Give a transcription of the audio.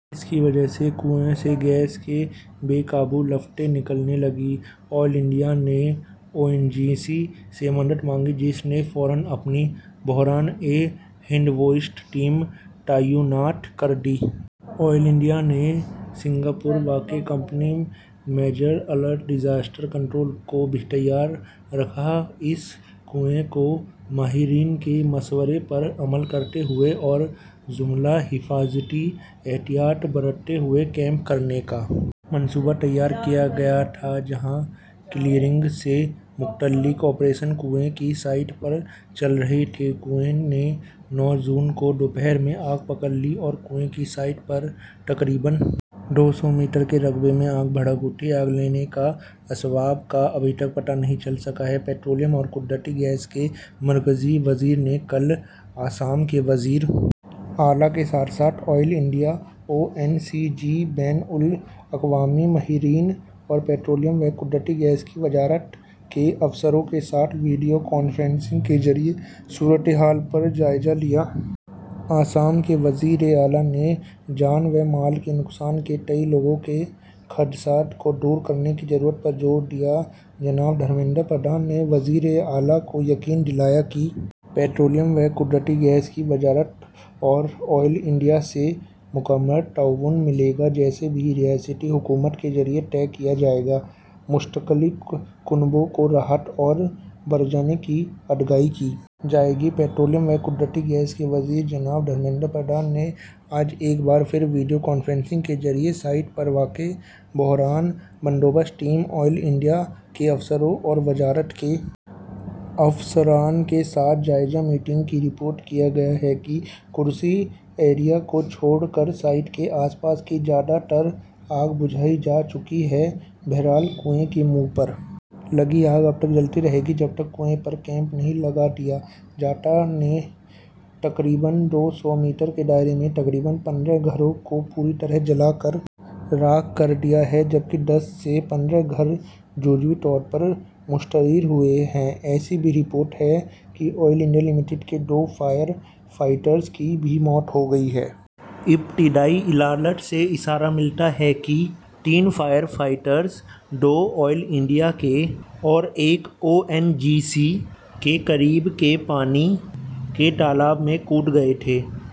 اس کی وجہ سے کنوئیں سے گیس کی بے قابو لپٹیں نکلنے لگیں آئل انڈیا نے او این جی سی سے مدد مانگی جس نے فوراً اپنی بحران بندوبست ٹیم تعینات کر دی آئل انڈیا نے سنگاپور واقع company messrs Alert Disaster Control کو بھی تیار رکھا اس کنوئیں کو ماہرین کے مشورے پر عمل کرتے ہوئے اور جملہ حفاظتی احتیاط برتتے ہوئے کیپ کرنے کا منصوبہ تیار کیا گیا تھا جہاں کلیئرنگ سے متعلق آپریشن کنوئیں کی سائٹ پر چل رہے تھے کنوئیں نے نو جون کو دوپہر میں آگ پکڑ لی اور کنوئیں کی سائٹ سے تقریباً دو سو میٹر کے رقبے میں آگ بھڑک اٹھی آگ لگنے کے اسباب کا ابھی تک پتہ نہیں چل سکا ہے پیٹرولیم اور قدرتی گیس کے مرکزی وزیر نے کل آسام کے وزیر اعلیٰ کے ساتھ ساتھ Oil India O N G C بین الاقوامی ماہرین اور پیٹرولیم و قدرتی گیس کی وزارت کے افسروں کے ساتھ ویڈیو کانفرنسنگ کے ذریعے صورت حال کا جائزہ لیا آسام کے وزیر اعلیٰ نے جان و مال کے نقصان کے تئیں لوگوں کے خدشات کو دور کرنے کی ضرورت پر زور دیا جناب دھرمیندر پردھان نے وزیر اعلیٰ کو یقین دلایا کہ پیٹرولیم و قدرتی گیس کی وزارت اور آئل انڈیا سے مکمل تعاون ملے گا جیسا بھی ریاستی حکومت کے ذریعے طے کیا جائے گا متاثرہ کنبوں کو راحت اور ہرجانے کی ادائیگی کی جائے گی پیٹرولیم و قدرتی گیس کے وزیر جناب دھرمیندر پردھان نے آج ایک بار پھر ویڈیو کانفرنسنگ کے ذریعے سائٹ پر واقع بحران بندوبست ٹیم آئل انڈیا کے افسروں اور وزارت کے افسران کے ساتھ جائزہ میٹنگ کی رپورٹ کیا گیا ہے کہ کرسی ایریا کو چھوڑ کر سائٹ کے آس پاس کی زیادہ تر آگ بجھائی جا چکی ہے بہرحال کنوئیں کے منہ پر لگی آگ تب تک جلتی رہے گی جب تک کنوئیں پر کیپ نہیں لگا دیا جاتا آگ نے تقریباً دو سو میٹر کے دائرے میں تقریباً پندرہ گھروں کو پوری طرح جلا کر راکھ کر دیا ہے جبکہ دس سے پندرہ گھر جزوی طور پر متاثر ہوئے ہیں ایسی بھی رپورٹ ہے کہ آئل انڈیا لمیٹڈ کے دو فائر فائٹرز کی بھی موت ہو گئی ہے ابتدائی اطلاعات سے اشارہ ملتا ہے کہ تین فائر فائٹرز دو آئل انڈیا کے اور ایک او این جی سی کے قریب کے پانی کے تالاب میں کود گئے تھے